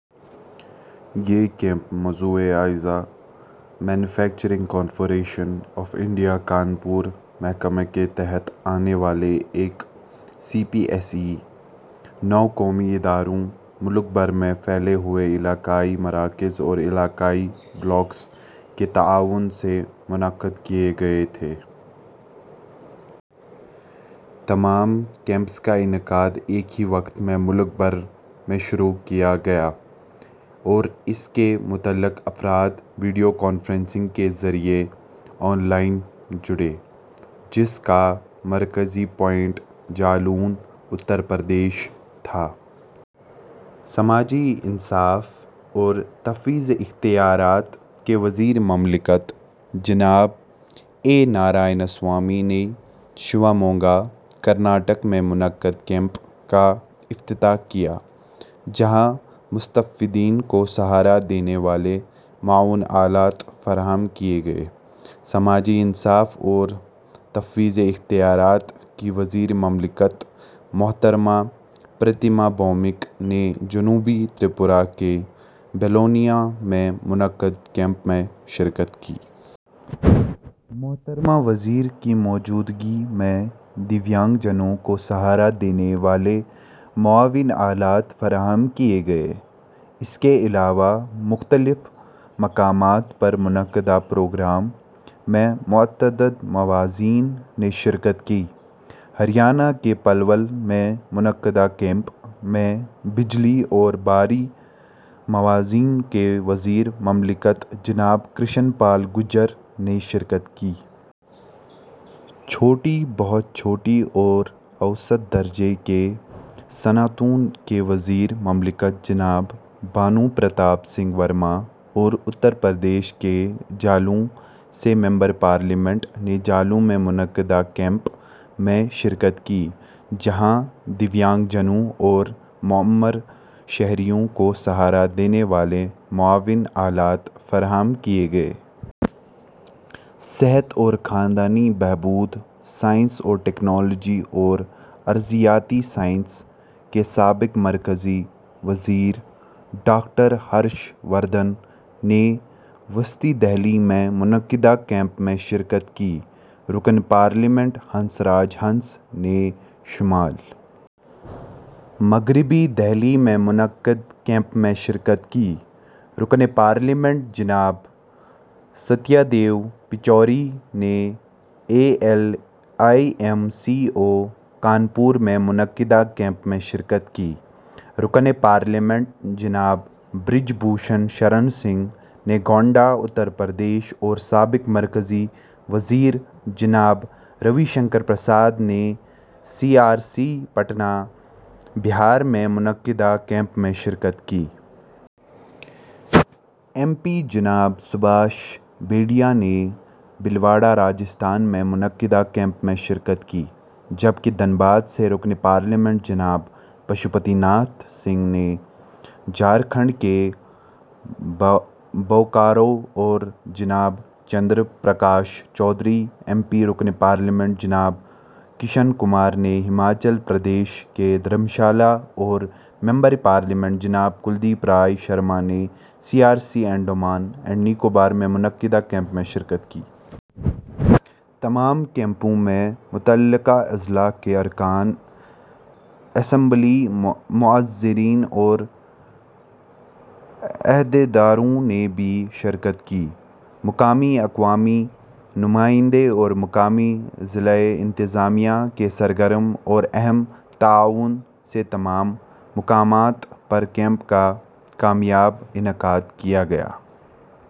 یہ کیمپ مصنوعی اعضاء manufacturing corporation of India, Kanpur, محکمہ کے تحت آنے والا ایک سی پی ایس ای ، نو قومی اداروں، ملک بھر میں پھیلے ہوئے علاقائی مراکز اور علاقائی بلاکس کے تعاون سے منعقد کیے گئے تھے۔ تمام کیمپس کا انعقاد ایک ہی وقت میں ملک بھر میں شروع کیا گیا اور اس سے متعلق افراد ویڈیو کانفرنسنگ کے ذریعے آن لائن جڑے، جس کا مرکزی پوائنٹ جالون، اتر پردیش تھا۔ سماجی انصاف اور تفویض اختیارات کے وزیر مملکت جناب اے۔ نارائن سوامی نے شیموگا، کرناٹک میں منعقدہ کیمپ کا افتتاح کیا، جہاں مستفیدین کو سہارا دینے والے معاون آلات فراہم کیے گئے۔ سماجی انصاف اور تفویض اختیارات کی وزیر مملکت محترمہ پرتیما بھومک، نے جنوبی تریپورہ کے بیلونیا میں منعقدہ کیمپ میں شرکت کی۔ محترمہ وزیر کی موجودگی میں دیویانگ جنوں کو سہارا دینے والے معاون آلات فراہم کیے گئے۔ اس کے علاوہ مختلف مقامات پر منعقدہ پروگرام میں متعدد معززین نے شرکت کی۔ ہریانہ کے پلول میں منعقدہ کیمپ میں بجلی اور بھاری صنعتوں کے وزیر مملکت جناب کرشن پال گرجر نے شرکت کی۔ چھوٹی، بہت چھوٹی اور اوسط درجے کی صنعتوں کے وزیر مملکت جناب بھانو پرتاپ سنگھ ورما، اور اترپردیش کے جالون سے ممبر پارلیمنٹ نے جالون میں منعقدہ کیمپ میں شرکت کی، جہاں دیویانگجنوں اور معمر شہریوں کو سہارا دینے والے معاون آلات فراہم کیے گئے۔ صحت اور خاندانی بہبود، سائنس اور ٹیکنالوجی اور ارضیاتی سائنسز کے سابق مرکزی وزیر ڈاکٹر ہرش وردھن نے وسطی دہلی میں منعقدہ کیمپ میں شرکت کی۔ رکن پارلیمنٹ ہنس راج ہنس نے شمال مغربی دہلی میں منعقد کیمپ میں شرکت کی، رکن پارلیمنٹ جناب ستیہ دیو پچوری نےاے L I M C O, Kanpur میں منعقد کیمپ میں شرکت کی، رکن پارلیمنٹ جناب برج بھوشن شرن سنگھ نے گونڈہ، اتر پردیش اور سابق مرکزی وزیرجناب روی شنکر پرسار نے سی آر سی پٹنہ، بہار میں منعقدہ کیمپ میں شرکت کی۔ ایم پی جناب سبھاش بہیڈیا نے بھیلواڑہ، راجستھان میں منعقدہ کیمپ میں شرکت کی جبکہ دھنباد سے رکن پارلیمنٹ جناب پشوپتی ناتھ سنگھ نے جھارکھنڈ کے بوکارو، اور جناب چندر پرکاش چودھری، ایم پی ،رکن پارلیمنٹ جناب کشن کمار نے ہماچل پردیش کے دھرم شالہ اور ممبر پارلیمنٹ جناب کلدیپ رائے شرما نے سی آر سی انڈمان اور نکوبار میں منعقدہ کیمپ میں شرکت کی۔ تمام کیمپوں میں متعلقہ اضلاع کے اراکین اسمبلی، معززین اور عہدیداروں نے بھی شرکت کی۔ مقامی عوامی نمائندوں اور مقامی ضلعی انتظامیہ کے سرگرم اور اہم تعاون سے تمام مقامات پر کیمپ کا کامیاب انعقاد کیا گیا۔